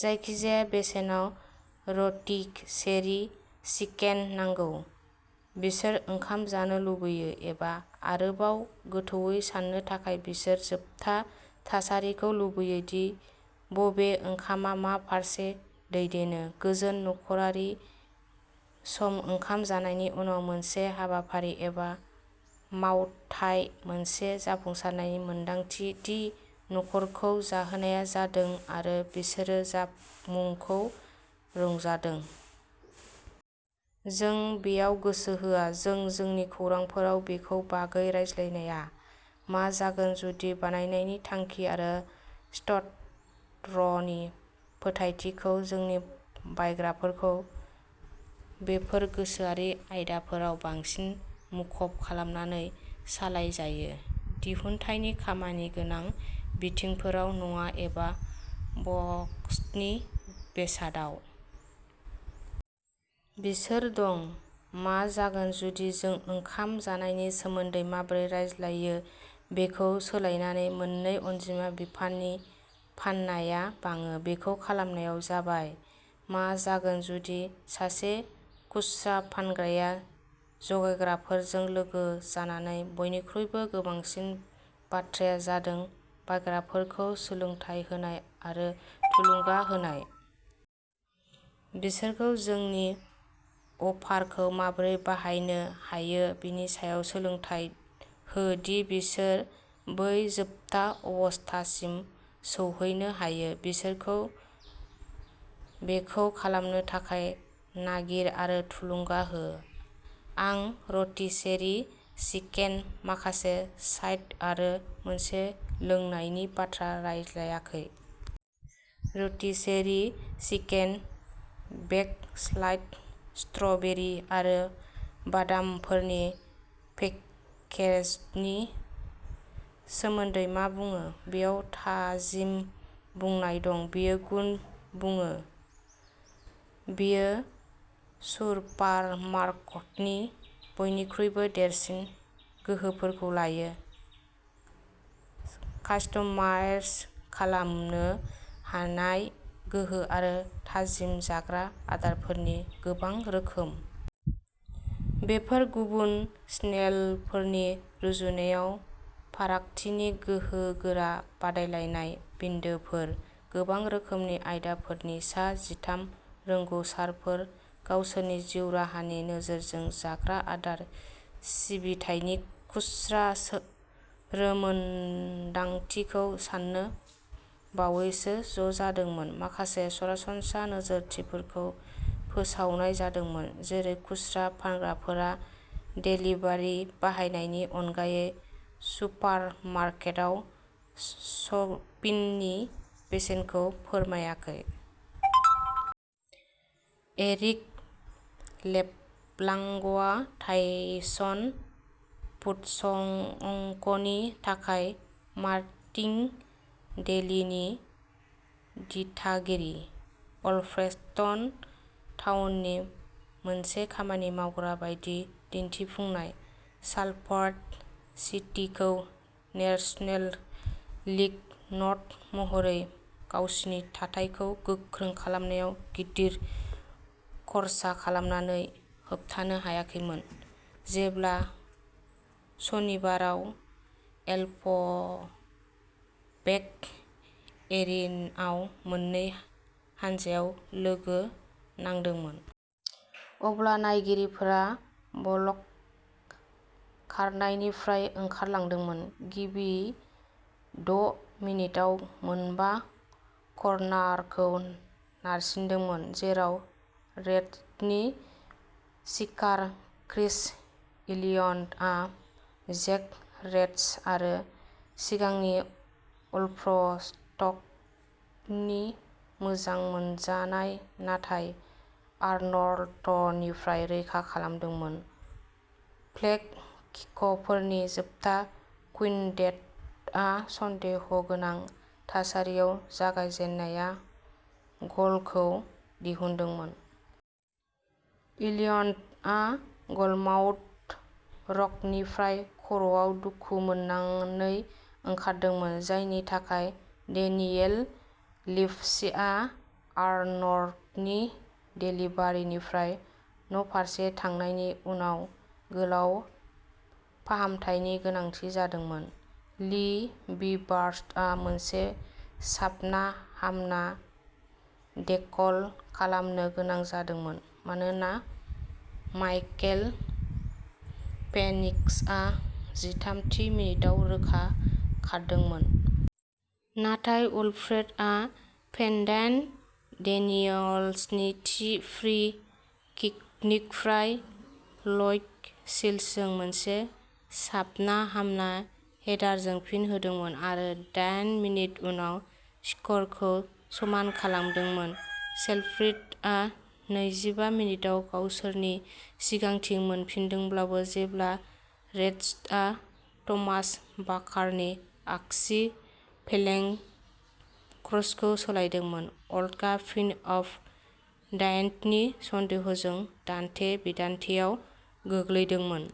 जायखिजाया बेसेनाव rotisserie chicken नांगौ। बिसोर ओंखाम जानो लुबैयो एबा आरोबाव गोथौवै साननो थाखाय बिसोर जोबथा थासारिखौ लुबैयो दि बबे ओंखामआ मा फारसे दैदेनो। गोजोन नखरारि सम ओंखाम जानायनि उनाव मोनसे हाबाफारि एबा मावथाय मोनसे जाफुंसारनायनि मोनदांथि दि न'खरखौ जाहोनाय जादों आरो बिसोरो जामुंखौ रंजादों। जों बेयाव गोसो होआ। जों जोंनि खौरांफोराव बेनि बागै रायज्लाया। मा जागोन जुदि बायनायनि थांखि आरो स्ट'रनि फोथायथिखौ जोंनि बायग्राफोरखौ बेफोर गोसोआरि आयदाफोराव बांसिन मुखुब खालामनानै सालायजायो। दिहुनथायनि खामानिगोनां बिथिंफोराव नङा एबा बक्सनि बेसादआव? बिसोर दं। मा जागोन जुदि जों ओंखाम जानायनि सोमोन्दै माबोरै रायज्लायो बेखौ सोलायनानै मोननै अनजिमा बिफाननि फाननाया बाङो? बेखौ खालामनाय जाबाय। मा जागोन जुदि सासे खुस्रा फानग्राया जगायग्राफोरजों लोगो जानानै बयनिख्रुइबो गोनांसिन बाथ्राया जादों बायग्राफोरखौ सोलोंथाय होनाय आरो थुलुंगा होनाय? बिसोरखौ जोंनि अफारखौ माबोरै बाहायनो हायो बेनि सायाव सोलोंथाय हो दि बिसोर बै जोबथा अबस्थासिम सौहैनो हायो। बिसोरखौ बेखौ खालामनो थाखाय नागिर आरो थुलुंगा हो। आं रटिसेरि चिकेन माखासे साइड आरो मोनसे लोंनायनि बाथ्रा रायलायाखै। Rotisserie chicken, bag salad, strawberry आरो बादामफोरनि पेकेजनि सोमोन्दै मा बुङो? बेयाव थाजिम बुंनाय दं। बेयो गुन बुङो। बेयो सुपारमार्केटनि बयनिख्रुइबो देरसिन गोहोफोरखौ लायो। कास्टमाइज खालामनो हानाय गोहो आरो थाजिम जाग्रा आदारफोरनि गोबां रोखोम। बेफोर गुबुन चेनेलफोरनि रुजुनायाव फारागथिनि गोहोगोरा बादायलायनाय बिन्दोफोर। गोबां रोखोमनि आयदाफोरनि सा जिथाम रोंग'साफोरा गावसोरनि जिउ राहानि नोजोरजों जाग्रा आदार सिबिथायनि खुस्रा रोंमोनदांथिखौ सान्नो बावैसो ज'जादोंमोन। माखासे सरासनस्रा नोजोरथिफोरखौ फोसावनाय जादोंमोन। जेरै खुस्रा फानग्राफोरा डेलिभारि बाहायनायनि अनगायै सुपारमार्केटआव शपिंनि बेसेनखौ फोरमायाखैमोन। एरिक लेब्लांकआ टाइसन फुड्स इंकनि थाखाय मार्केटिं डेलीनि दिथागिरि। अल्फ्रेटन टाउननि मोनसे खामानि मावग्रा बायदि दिन्थिफुंनाया सालफोर्ड सिटीखौ नेशनल लीग नर्थ महरै गावसोरनि थाथायखौ गोख्रों खालामनायाव गिदिर खर्सा खालामनायखौ होबथानो हायाखैमोन। जेब्ला सनिबाराव एलम्पेक्ट एरिनाआव मोननै हानजाया लोगो नांदोंमोन। अब्ला नायगिरिफोरा ब्लक खारनायनिफ्राय ओंखारलांदोंमोन। गिबि द' मिनिटआव मोनबा कर्नारखौ नारसिनदोंमोन। जेराव रेड्सनि किपार क्रिस इलियटआ जैक रेडश' आरो सिगांनि अल्फ्रेटननि मोजां मोनजानाय नाथान आर्नल्डनिफ्राय रैखा खालामदोंमोन। फ्लेग किकफोरनि जोबथा कुइन्टेटआ सन्देहगोनां थासारियाव जागायजेननाय गलखौ दिहुनदोंमोन। इलियटआ गलमाउथ रकनिफ्राय खर'आव दुखु मोननानै ओंखारदोंमोन। जायनि थाखाय डेनियेल लिभसीआ आर्नल्डनि डेलिभारीनिफ्राय न'फारसे थांनायनि उनाव गोलाव फाहामथायनि गोनांथि जादोंमोन। ली बिभार्सआ मोनसे साबना-हामना टेकल खालामनो गोनां जादोंमोन मानोना माइकल फेनिक्सआ जिथाम थि मिनिटआव रोखा खारदोंमोन। नाथाय अल्फ्रेटनआ ब्रेनडन डेनियल्सनि थि फ्री किकनिफ्राय ल्यूक शिल्सजों मोनसे साबना हामना हेडारजों फिन होदोंमोन आरो दाइन मिनिट उनाव स्करखौ समान खालामदोंमोन। सेलफोर्डआ नैजिबा मिनिटआव गावसोरनि सिगांथिखौ मोनफिनदोंमोनब्लाबो जेब्ला रेडश'आ थमास वाकारनि आगसि फ्लेंक क्रसखौ सोलायदोंमोन। गलआ फिन अफ साइडनि सन्देहजों दान्थे-बिदान्थेयाव गोलैदोंमोन।